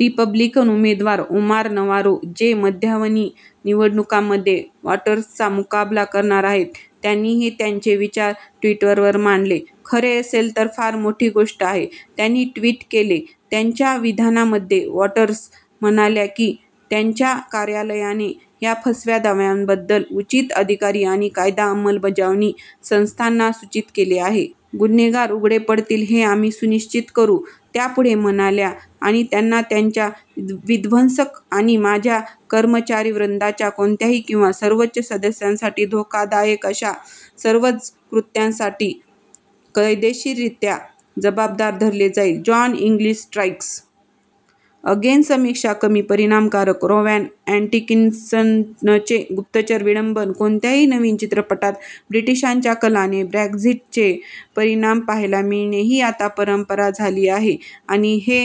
Republican उमेदवार Omar Navarro, जे मध्यावधी निवडणूकांमध्ये वाटर्सचा मुकाबला करणार आहेत, त्यांनीही त्यांचे विचार ट्विटरवर मांडले. "खरे असेल तर फार मोठी गोष्ट आहे," त्यांनी ट्विट केले. त्यांच्या विधानामध्ये वॉटर्स म्हणाल्या की त्यांच्या कार्यालयाने "या फसव्या दाव्यांबद्दल उचित अधिकारी आणि कायदा अंमलबजावणी संस्थांना सूचित केले आहे. "गुन्हेगार उघडे पडतील हे आम्ही सुनिश्चित करू," त्या पुढे म्हणाल्या, "आणि त्यांना त्यांच्या विध्वंसक आणि माझ्या कर्मचारीवृंदाच्या कोणत्याही किंवा सर्वच सदस्यांसाठी धोकादायक अशा सर्वच कृत्यांसाठी कायदेशीररित्या जबाबदार धरले जाईल. " जॉन इंग्लिश स्ट्राइक्स अगेन समीक्षा कमी परिणामकारक रोवॅन अॅटकिन्सनचे गुप्तचर विडंबन कोणत्याही नवीन चित्रपटात ब्रिटिशांच्या कलाने ब्रेक्झिटचे परिणाम पहायला मिळणे ही आता परंपरा झाली आहे आणि हे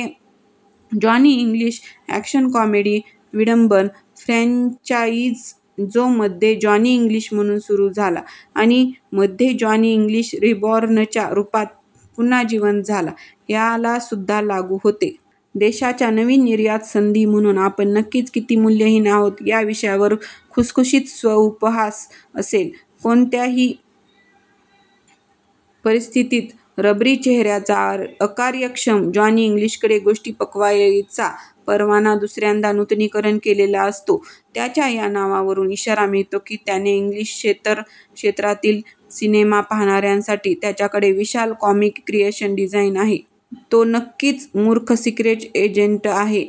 जॉनी इंग्लिश अॅक्शन-कॉमेडी विडंबन फ्रँचाइज जो मध्ये जॉनी इंग्लिश म्हणून सुरु झाला आणि मध्ये जॉनी इंग्लिश रिबॉर्नच्या रूपात पुन्हा जीवंत झाला, याला सुद्धा लागू होते. देशाच्या नवीन निर्यात संधी म्हणून आपण नक्कीच किती मूल्यहीन आहोत या विषयावर खुसखुशीत स्व-उपहास असेल? कोणत्याही परिस्थितीत, रबरी चेहऱ्याच्या अकार्यक्षम जॉनी इंग्लिशकडे गोष्टी पकवायचा परवाना दुसऱ्यांदा नूतनीकरण केलेला असतो त्याच्या त्या नावावरून इशारा मिळतो की त्याने इंग्लिशेतर क्षेत्रांतील सिनेमा पाहणाऱ्यांसाठी त्याच्याकडे विशाल कॉमिक क्रिएशन डिझाइन आहे. तो नक्कीच मूर्ख सिक्रेट एजंट आहे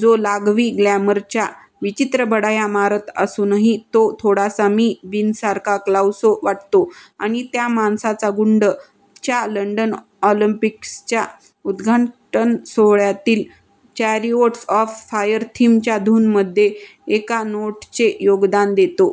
जो लाघवी ग्लॅमरच्या विचित्र बढाया मारत असूनही तो थोडासा मि. बीनसारखा क्लाउसो वाटतो आणि त्या माणसाचा गुंड च्या लंडन ऑलिंपिक्सच्या उद्घाटन सोहळ्यातील चॅरिऑट्स ऑफ फायर थीम च्या धूनमध्ये एका नोटचे योगदान देतो.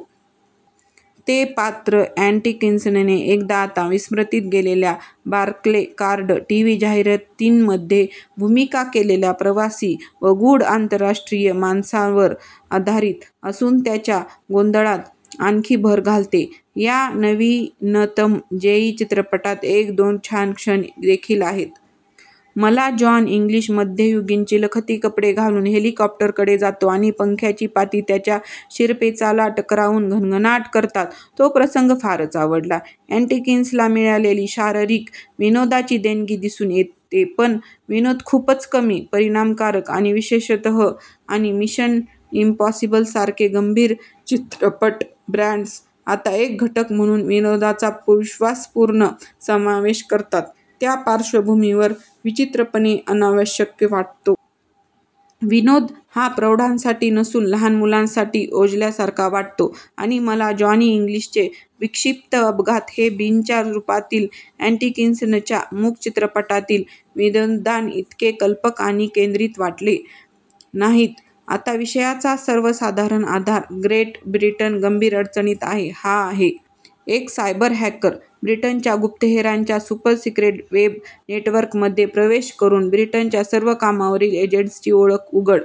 ते पात्र अॅटकिन्सनने एकदा आता विस्मृतीत गेलेल्या बार्क्लेकार्ड टीव्ही जाहिरातींमध्ये भूमिका केलेल्या प्रवासी व गूढ आंतरराष्ट्रीय माणसावर आधारित असून त्याच्या गोंधळात आणखी भर घालते. या नवीनतम जेई चित्रपटात एक-दोन छान क्षण देखील आहेत. मला जॉन इंग्लिश मध्ययुगीन चिलखती कपडे घालून हेलिकॉप्टरकडे जातो आणि पंख्यांची पाती त्याच्या शिरपेचाला टकरावून घणघणाट करतात तो प्रसंग फारच आवडला. अॅटकिन्सला मिळालेली शारीरिक विनोदाची देणगी दिसून येते पण, विनोद खूपच कमी परिणामकारक आणि विशेषतः आणि मिशन इम्पॉसिबल सारखे "गंभीर" चित्रपट ब्रँड्स आता एक घटक म्हणून विनोदाचा विश्वासपूर्ण समावेश करतात त्या पार्श्वभूमीवर विचित्रपणे अनावश्यक वाटतो. विनोद हा प्रौढांसाठी नसून लहान मुलांसाठी योजल्यासारखा वाटतो आणि मला जॉनी इंग्लिशचे विक्षिप्त अपघात हे बीनच्या रूपातील अॅटकिन्सनच्या मूक-चित्रपटातील विनोदांइतके कल्पक आणि केंद्रित वाटले नाहीत. आता विषयाचा सर्वसाधारण आधार ग्रेट ब्रिटन गंभीर अडचणीत आहे हा आहे. एक सायबर-हॅकर ब्रिटनच्या गुप्तहेरांच्या सुपर-सिक्रेट वेब नेटवर्कमध्ये प्रवेश करून ब्रिटनच्या सर्व कामावरील एजंट्सची ओळख उघड